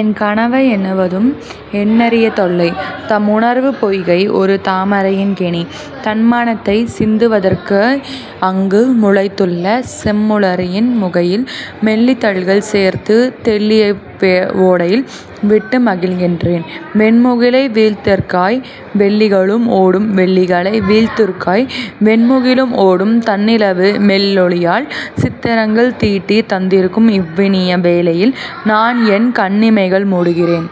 என்கனவை எண்ணுவதும் எண்ணரிய தொல்லை. தம்உணர்வுப் பொய்கை ஒரு தாமரையின் கேணி. தண்மனத்தைச் சிந்துவதற்காய் அங்கு முளைத்துள்ள செம்முளரியின் முகையின் மெல்லிதழ்கள் சேர்த்து தெள்ளியஅவ் வோடையிலே விட்டு மகிழ்கின்றேன். வெண்முகிலை வீழ்த்துதற்காய் வெள்ளிகளும் ஓடும். வெள்ளிகளை வீழ்த்துதற்காய் வெண்முகிலும் ஓடும். தண்ணிலவு மெல்லொளியால் சித்திரங்கள் தீட்டித் தந்திருக்கும் இவ்வினிய வேளையிலே நான்என் கண்இமைகள் மூடுகிறேன்.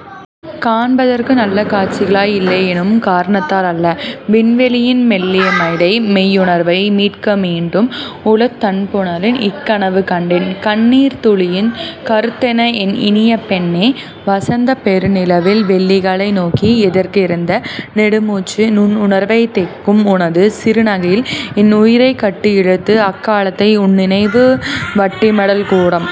காண்பதற்கு நல்ல காட்சிகளாய் இல்லை எனும் காரணத்தால் அல்ல. விண்வெளியின் மெல்லமைதி மெய்யுணர்வை மீட்க மீண்டும் உளத் தண்புனலில் இன்கனவு காண்பேன். கண்ணீர்த் துளியின் கருத்தென்ன என் இனிய பெண்ணே? வசந்தப் பெருநிலவில் வெள்ளிகளை நோக்கி எதற்கிந்த நெடுமூச்சு? நுண் உணர்வைத் தேக்கும் உனது சிறுநகையில் என் உயிரைக் கட்டி இழுத்த அக் காலத்தை உன்நினைவு வட்டமிடல் கூடும்.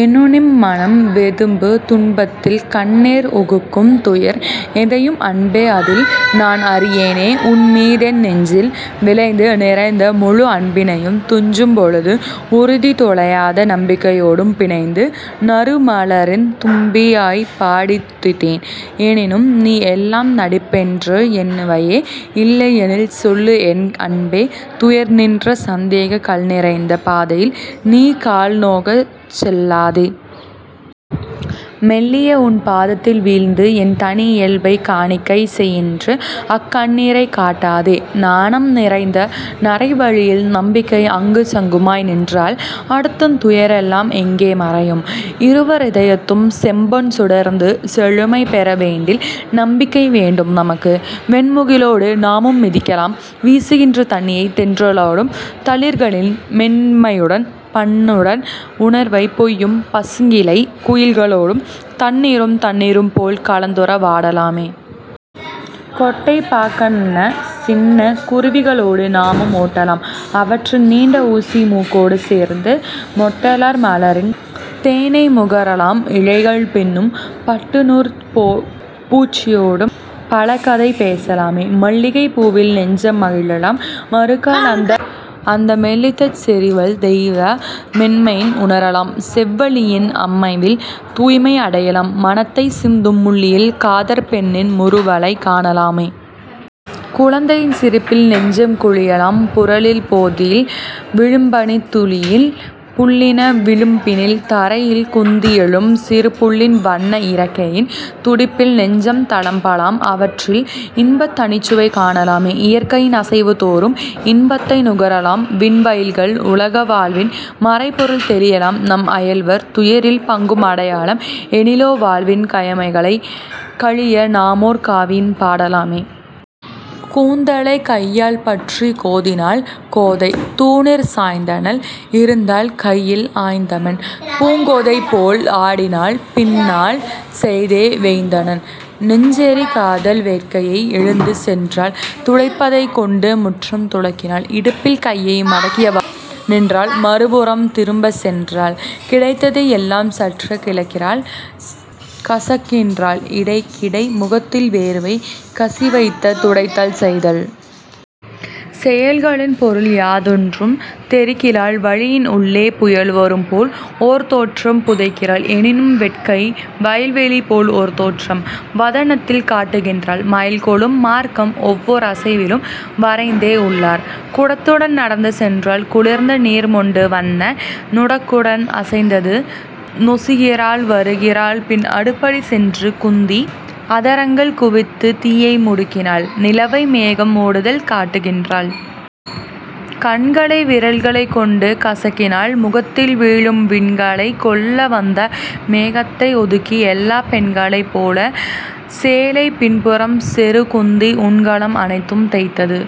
எனுனிம் மனம் வெதும்பித் துன்பத்தில் கண்ணீர் உகுக்கும் துயர் எதையும் அன்பே அதில் நான் அறியேனே உன்மீதென் நெஞ்சில் விளைந்து நிறைந்த முழு அன்பினையும் துஞ்சும் பொழுது உறுதி தொலையாத நம்பிக்கையோடும் பிணைந்து நறுமலரின் தும்பியாய்ப் பாடித் துதித்தேன். எனினும் நீ எல்லாம் நடிப்பென்றே எண்ணுவையோ இல்லையெனில் சொல்லுக என் அன்பே துயர்நிறைந்த, சந்தேகக் கல்நிறைந்த பாதையில் நீ கால் நோகச் செல்லாதே. மெல்லிய உன் பாதத்தில் வீழ்ந்து என் தனி இயல்பைக் காணிக்கை செய்யென்று அக் கண்ணீரைக் காட்டாதே. நாணம் நிறைந்த நறைவிழியில் நம்பிக்கை அங்குசமாய் நின்றால் அடுத்துன் துயரெல்லாம் எங்கோ மறையும். இருவர் இதயத்தும் செம்பொன் சுடர்ந்து செழுமை பேற வேண்டில் நம்பிக்கை வேண்டும் நமக்கு. வெண்முகிலோடு நாமும் மிதக்கலாம்; வீசுகின்ற தண்ணிய தென்றலூடும் தளிர்களின் மென்மையூடும் பண்ணுடன் உணர்வைப் பெய்யும் பசுங்கிளைக் குயில்களோடும் தண்ணீரும் தண்ணீரும் போல் கலந்துற வாடலாமே. கொட்டைப் பாக்கன்ன சின்னக் குருவிகளோடு நாமும் ஒட்டலாம். அவற்றின் நீண்ட ஊசி மூக்கோடு சேர்ந்து மொட்டலர் மலரில் தேனை முகரலாம் இழைகள் பின்னும் பட்டுநூற்பூச்சியோடும் பலகதை பேசலாமே. மல்லிகைப் பூவில் நெஞ்சம் மகிழலாம் மறுகால் அந்த மெல்லிதட் செறிவில் தெய்வ மேன்மையை உணரலாம் செவ் வல்லியின் அமைவில் தூய்மை அடையலாம் மணத்தைச் சிந்தும் முல்லையில் காதற் பெண்ணின் முறுவலைக் காணலாமே. குழந்தையின் சிரிப்பில் நெஞ்சம் குழையலாம் புலரிப் போதில் விழும்பனித் துளியில் புல்லின் விளிம்பினில் தரையில் குந்தி எழும் சிறு புள்ளின் வண்ண இறக்கையின் துடிப்பில் நெஞ்சம் தளம்பலாம் அவற்றில் இன்பத் தனிச்சுவை காணலாமே. இயற்கையின் அசைவு தோறும் இன்பத்தை நுகரலாம் விண் வயல்களில் உலக வாழ்வின் மறைபொருள் தெளியலாம் நம் அயலவர் துயரில் பங்கும் அடையலாம் எனிலோ வாழ்வின் கயமைகள் கழிய நாமோர் காவியம் பாடலாமே. கூந்தலைக் கையால் பற்றிக் கோதினாள் கோதை; தூணிற் சாய்ந்தனள்; இருந்தாள் கையில் ஆய்ந்தமென் பூங்கொத்தைப் போல் ஆடினாள் பின்னால் செய்தே வேய்ந்தனள் நெஞ்சிற் காதல் வேட்கையை எழுந்து சென்றாள். துடைப்பத்தைக் கொண்டு முற்றம் துலக்கினாள் இடுப்பில் கையை மடக்கியவாறு நின்றாள் மறுபுறம் திரும்பிச் சென்றாள். கிடைத்ததை எல்லாம் சற்றே கிழிக்கிறாள் கசக்குகின்றாள் இடைக்கிடை முகத்தில் வேர்வை கசிவதைத் துடைத்தல் செய்தாள். செயல்களின் பொருள் யாதொன்றும் தெரிகிலாள் விழியின் உள்ளே புயல்வரும் போல் ஓர் தோற்றம் புதைக்கிறாள் எனினும் வெட்டை வயல்வெளி போல் ஓர் தோற்றம் வதனத்தில் காட்டுகின்றாள். மயல்கொளும் மார்க்கம் ஓவ்வோர் அசைவிலும் வரைந்தே உள்ளாள். குடத்துடன் நடந்து சென்றாள் குளிர்ந்த நீர் மொண்டு வண்ண நுடக்குடன் அசைந்தசைந்து நொசிகிறாள் வருகிறாள் பின் அடுப்படி சென்று குந்தி அதரங்கள் குவித்துத் தீயை முடுக்கினாள் நிலவை மேகம் மூடுதல் காட்டுகின்றாள். கண்களை விரல்கள் கொண்டு கசக்கினாள் முகத்தில் வீழும் விண்களை கொள்ளவந்த மேகத்தை ஒதுக்கி எல்லாப் பெண்களைப் போலும் சேலை பின்புறம் செருகிக் குந்தி உண்கலம் அனைத்தும் தேய்த்து